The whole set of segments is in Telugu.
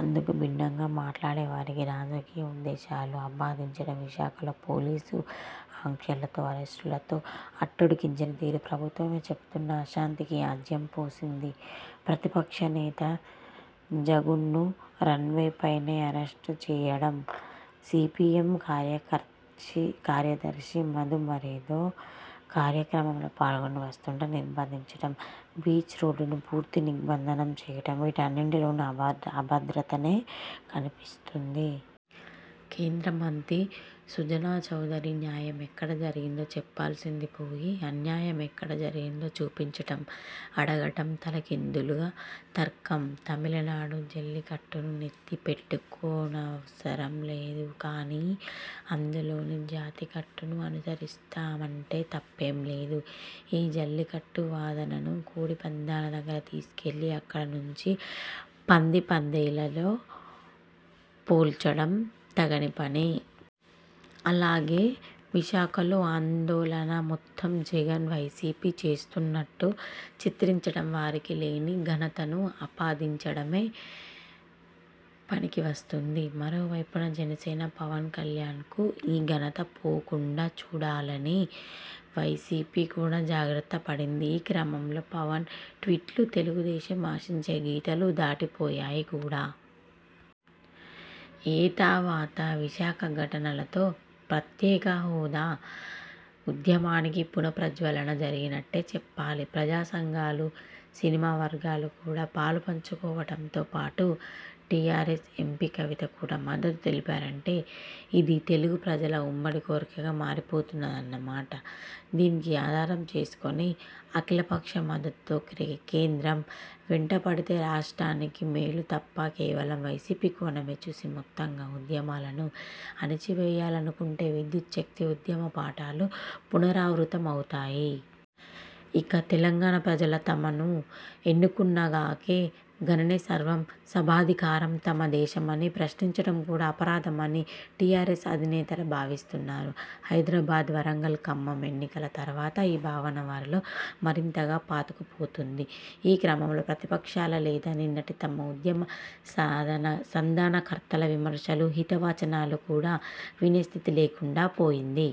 అందుకు భిన్నంగా మాట్లాడేవారికి రాజకీయ ఉద్దేశాలు ఆపాదించడం, విశాఖలో పోలీసు ఆంక్షలతో అరెస్టులతో అట్టుడికించిన తీరు ప్రభుత్వమే చెబుతున్న అశాంతికి ఆజ్యం పోసింది. ప్రతిపక్ష నేత జగన్ను రన్వేపైనే అరెస్టు చేయడం, సీపీఎం కార్యదర్శి మధు మరేదో కార్యక్రమంలో పాల్గొని వస్తుంటే నిర్బంధించడం, బీచ్ రోడ్డును పూర్తి దిగ్బంధనం చేయడం వీటన్నిటిలోనూ అభద్రతే కనిపిస్తుంది. కేంద్ర మంత్రి సుజనా చౌదరి న్యాయం ఎక్కడ జరిగిందో చెప్పాల్సింది పోయి అన్యాయం ఎక్కడ జరిగిందో చూపించండని అడగడం తలకిందుల తర్కం. తమిళనాడు జల్లికట్టును నెత్తినపెట్టుకోనవసరం లేదు గాని అందులోని జాతికట్టును అనుసరిస్తామంటే తప్పేం లేదు. ఈ జల్లికట్టు వాదనను కోడిపందేల దగ్గరకు తీసుకెళ్లి అక్కడ నుంచి పంది పందేలతో పోల్చడం తగని పని. అలాగే విశాఖలో ఆందోళన మొత్తం జగన్ వైసీపీ చేస్తున్నట్టు చిత్రించడం వారికి లేని ఘనతను ఆపాదించడానికే పనికి వస్తుంది. మరోవైపున జనసేన పవన్కళ్యాణ్కు ఈ ఘనత పోకుండా చూడాలని వైసీపీ కూడా జాగ్రత్త పడింది. ఈ క్రమంలో పవన్ ట్వీట్లు తెలుగుదేశం ఆశించే గీతలు దాటిపోయాయి కూడా. ఏతావాతా విశాఖ ఘటనలతో ప్రత్యేక హాదా ఉద్యమానికి పునః ప్రజ్వలన జరిగినట్టే చెప్పాలి. ప్రజా సంఘాలు, సినిమా వర్గాలు కూడా పాలుపంచుకోవడంతో పాటు టీఆర్ఎస్ ఎంపీ కవిత కూడా మద్దతు తెలిపారంటే ఇది తెలుగు ప్రజల ఉమ్మడి కోర్కెగా మారిపోయిందన్నమాట. దీన్ని ఆధారం చేసుకుని అఖిలపక్ష మద్దతుతో కేంద్రం వెంటపడితే రాష్ర్టానికి మేలు తప్ప కేవలం వైసీపీ కోణమే చూసి మొత్తంగా ఉద్యమాలను అణచివేయాలనుకుంటే విద్యుచ్ఛక్తి ఉద్యమ పాఠాలు పునరావృతమవుతాయి. ఇక తెలంగాణ ప్రజలు తమను ఎన్నుకున్నారు గనకే సర్వం సభాధికారం తమదేనని ప్రశ్నించడం కూడా అపరాధమని టీఆర్ఎస్ అధినేతలు భావిస్తున్నారు. హైదరాబాద్, వరంగల్, ఖమ్మం ఎన్నికల తర్వాత ఈ భావన వారిలో మరింతగా పాతుకుపోయింది. ఈ క్రమంలో ప్రతిపక్షాల లేదా నిన్నటి తమ ఉద్యమ సంధానకర్తల విమర్శలు హితవచనాలు కూడా వినే స్థితి లేకుండా పోయింది.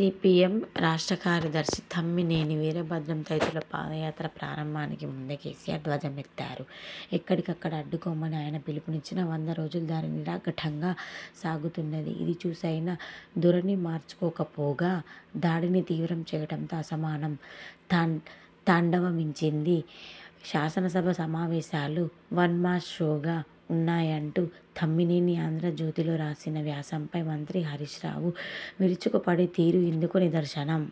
సీపీఎం రాష్ట్ర కార్యదర్శి తమ్మినేని వీరభద్రం తదితరుల పాదయాత్ర ప్రారంభానికి ముందే కేసీఆర్ ధ్వజమెత్తారు. ఎక్కడికక్కడ అడ్డుకోమని ఆయన పిలుపునిచ్చినా వందరోజులు దాటి నిరాఘాటంగా సాగుతున్నది. ఇది చూసైనా ధోరణి మార్చుకోకపోగా దాడిని తీవ్రం చేయడంలో అసహనం తాండవించింది. శాసనసభ సమావేశాలు వన్మ్యాన్ షోగా వున్నాయంటూ తమ్మినేని ఆంధ్రజ్యోతిలో రాసిన వ్యాసంపై మంత్రి హరీశ్ రావు విరుచుకుపడిన తీరు ఇందుకు నిదర్శనం.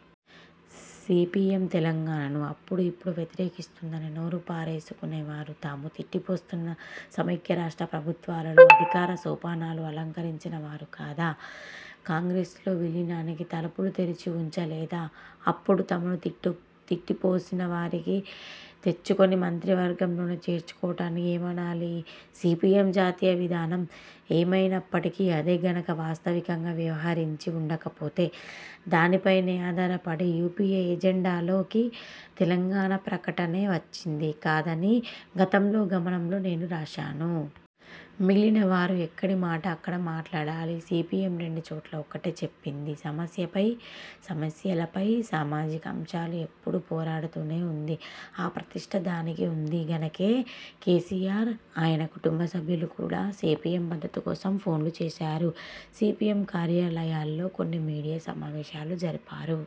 సీపీఎం తెలంగాణను అప్పుడూ ఇప్పుడూ వ్యతిరేకిస్తుందని నోరు పారేసుకునే వారు తాము తిట్టిపోస్తున్న సమైక్య రాష్ట్ర ప్రభుత్వాలలో అధికార సోపానాలు అలంకరించిన వారు కాదా? కాంగ్రెస్లో విలీనానికి తలుపులు తెరిచి వుంచలేదా? అప్పుడు తమను తిట్టిసోసిన వారిని తెచ్చుకుని మంత్రివర్గంలోనే చేర్చుకోవడాన్ని ఏమనాలి? సీపీఎం జాతీయ విధానం ఏమైనప్పటికీ అదే గనక వాస్తవికంగా వ్యవహరించి వుండకపోతే దానిపైనే ఆధారపడిన యూపీఏ– ఎజెండాలోకి తెలంగాణ ప్రకటనే వచ్చేది కాదని గతంలోనే గమనంలో నేను రాశాను. మిగిలిన వారు ఎక్కడి మాట అక్కడ మాట్లాడారు. సీపీఎం రెండు చోట్ల ఒకటే చెప్పింది. సమస్యలపై సామాజికాంశాలపై ఎప్పడూ పోరాడుతూనే వుంది. ఆ ప్రతిష్ట దానికి వుంది గనకే కేసీఆర్ ఆయన కుటుంబసభ్యులు కూడా సీపీఎం మద్దతు కోసం ఫోన్లు చేశారు. సీపీఎం కార్యాలయాల్లో కొన్ని మీడియా సమావేశాలు జరిపారు.